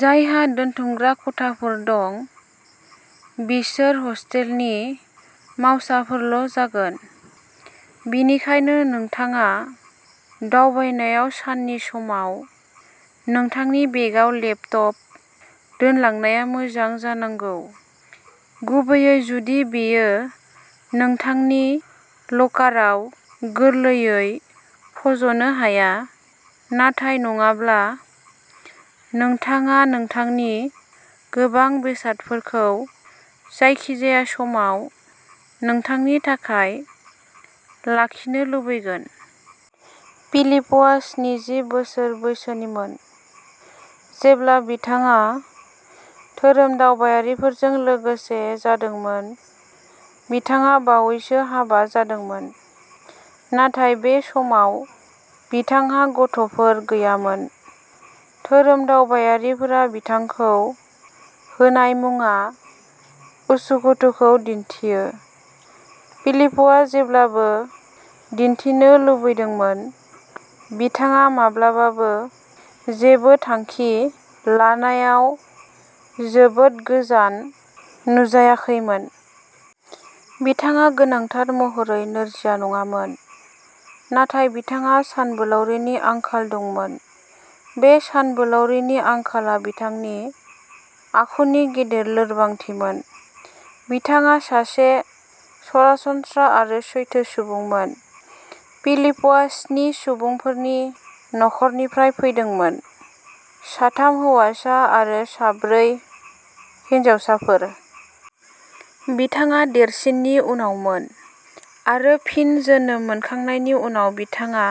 जायहा दोनथुमग्रा खथाफोर दं, बिसोर हस्टेलनि मावसाफोरल'जागोन, बेनिखायनो नोंथाङा दावबायनायाव साननि समाव नोंथांनि बेगआव लेपटप दोनलांनाया मोजां जानांगौ, गुबैयै जुदि बेयो नोंथांनि लकाराव गोरलैयै फज'नो हाया। नाथाय नङाब्ला, नोंथाङा नोंथांनि गोबां बेसादफोरखौ जायखिजाया समाव नोंथांनि थाखाय लाखिनो लुबैगोन। फिलिपआ स्निजि बोसोर बैसोनिमोन जेब्ला बिथाङा धोरोमदावबायारिफोरजों लोगो जादोंमोन; बिथाङा बावैसो हाबा जादोंमोन, नाथाय बे समाव बिथांहा गथ'फोर गैयामोन। धोरोमदावबायारिफोरा बिथांखौ होनाय मुंआ "उसुखुथु" खौ दिन्थियो। फिलिपआ जेब्लाबो दिन्थिनो लुबैदोंमोन। बिथाङा माब्लाबाबो जेबो थांखि लानायाव जोबोद गोजान नुजायाखैमोन। बिथाङा गोनांथार महरै नोरजिया नङामोन, नाथाय बिथांहा सानबोलावरिनि आंखाल दंमोन। बे सानबोलावरिनि आंखालआ बिथांनि आखुनि गेदेर लोरबांथिमोन। बिथाङा सासे सरासनस्रा आरो सैथो सुबुंमोन। फिलिपआ स्नि सुबुंफोरनि नखरनिफ्राय फैदोंमोन, साथाम हौवासा आरो साब्रै हिनजावसाफोर। बिथाङा देरसिननि उनावमोन, आरो फिन जोनोम मोनखांनायनि उनाव बिथाङा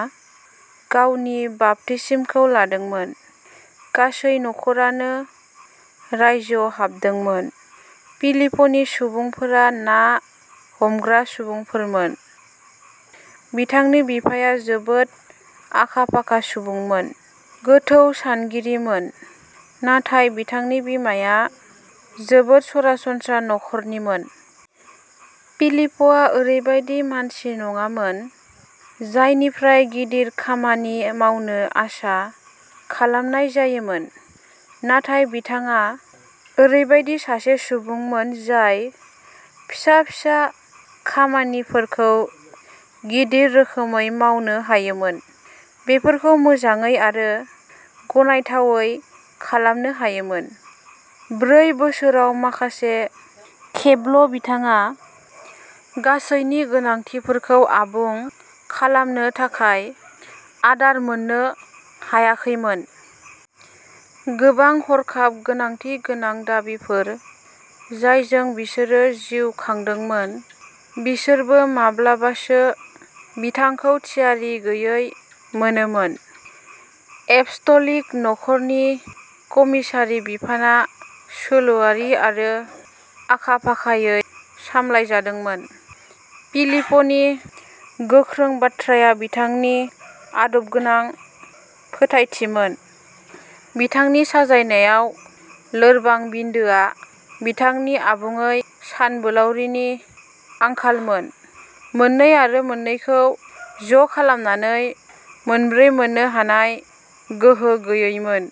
गावनि बाप्तिस्मखौ लादोंमोन। गासै नखरानो रायजोआव हाबदोंमोन। फिलिपनि सुबुंफोरा ना हमग्रा सुबुंफोरमोन। बिथांनि बिफाया जोबोद आखा-फाखा सुबुंमोन, गोथौ सानगिरिमोन, नाथाय बिथांनि बिमाया जोबोद सरासनस्रा नखरनिमोन। फिलिपआ ओरैबायदि मानसि नङामोन जायनिफ्राय गिदिर खामानि मावनो आसा खालामनाय जायोमोन, नाथाय बिथाङा ओरैबायदि सासे सुबुंमोन जाय फिसा-फिसा खामानिफोरखौ गिदिर रोखोमै मावनो हायोमोन, बेफोरखौ मोजाङै आरो गनायथावै खालामनो हायोमोन। ब्रै बोसोराव माखासे खेबल'बिथाङा गासैनि गोनांथिफोरखौ आबुं खालामनो थाखाय आदार मोननो हायाखैमोन। गोबां हरखाब गोनांथि गोनां दाबिफोर, जायजों बिसोर जिउ खांदोंमोन, बिसोरबो माब्लाबासो बिथांखौ थियारि गैयै मोनोमोन। एपस्टलिक नखरनि कमिसारि बिफानआ सोलोआरि आरो आखा-फाखायै सामलायजादोंमोन। फिलिपनि गोख्रों बाथ्राया बिथांनि आदबगोनां फोथायथिमोन; बिथांनि साजायनायाव लोरबां बिन्दोआ बिथांनि आबुङै सानबोलावरिनि आंखालमोन, मोननै आरो मोननैखौ ज'खालामनानै मोनब्रै मोननो हानाय गोहो गैयैमोन।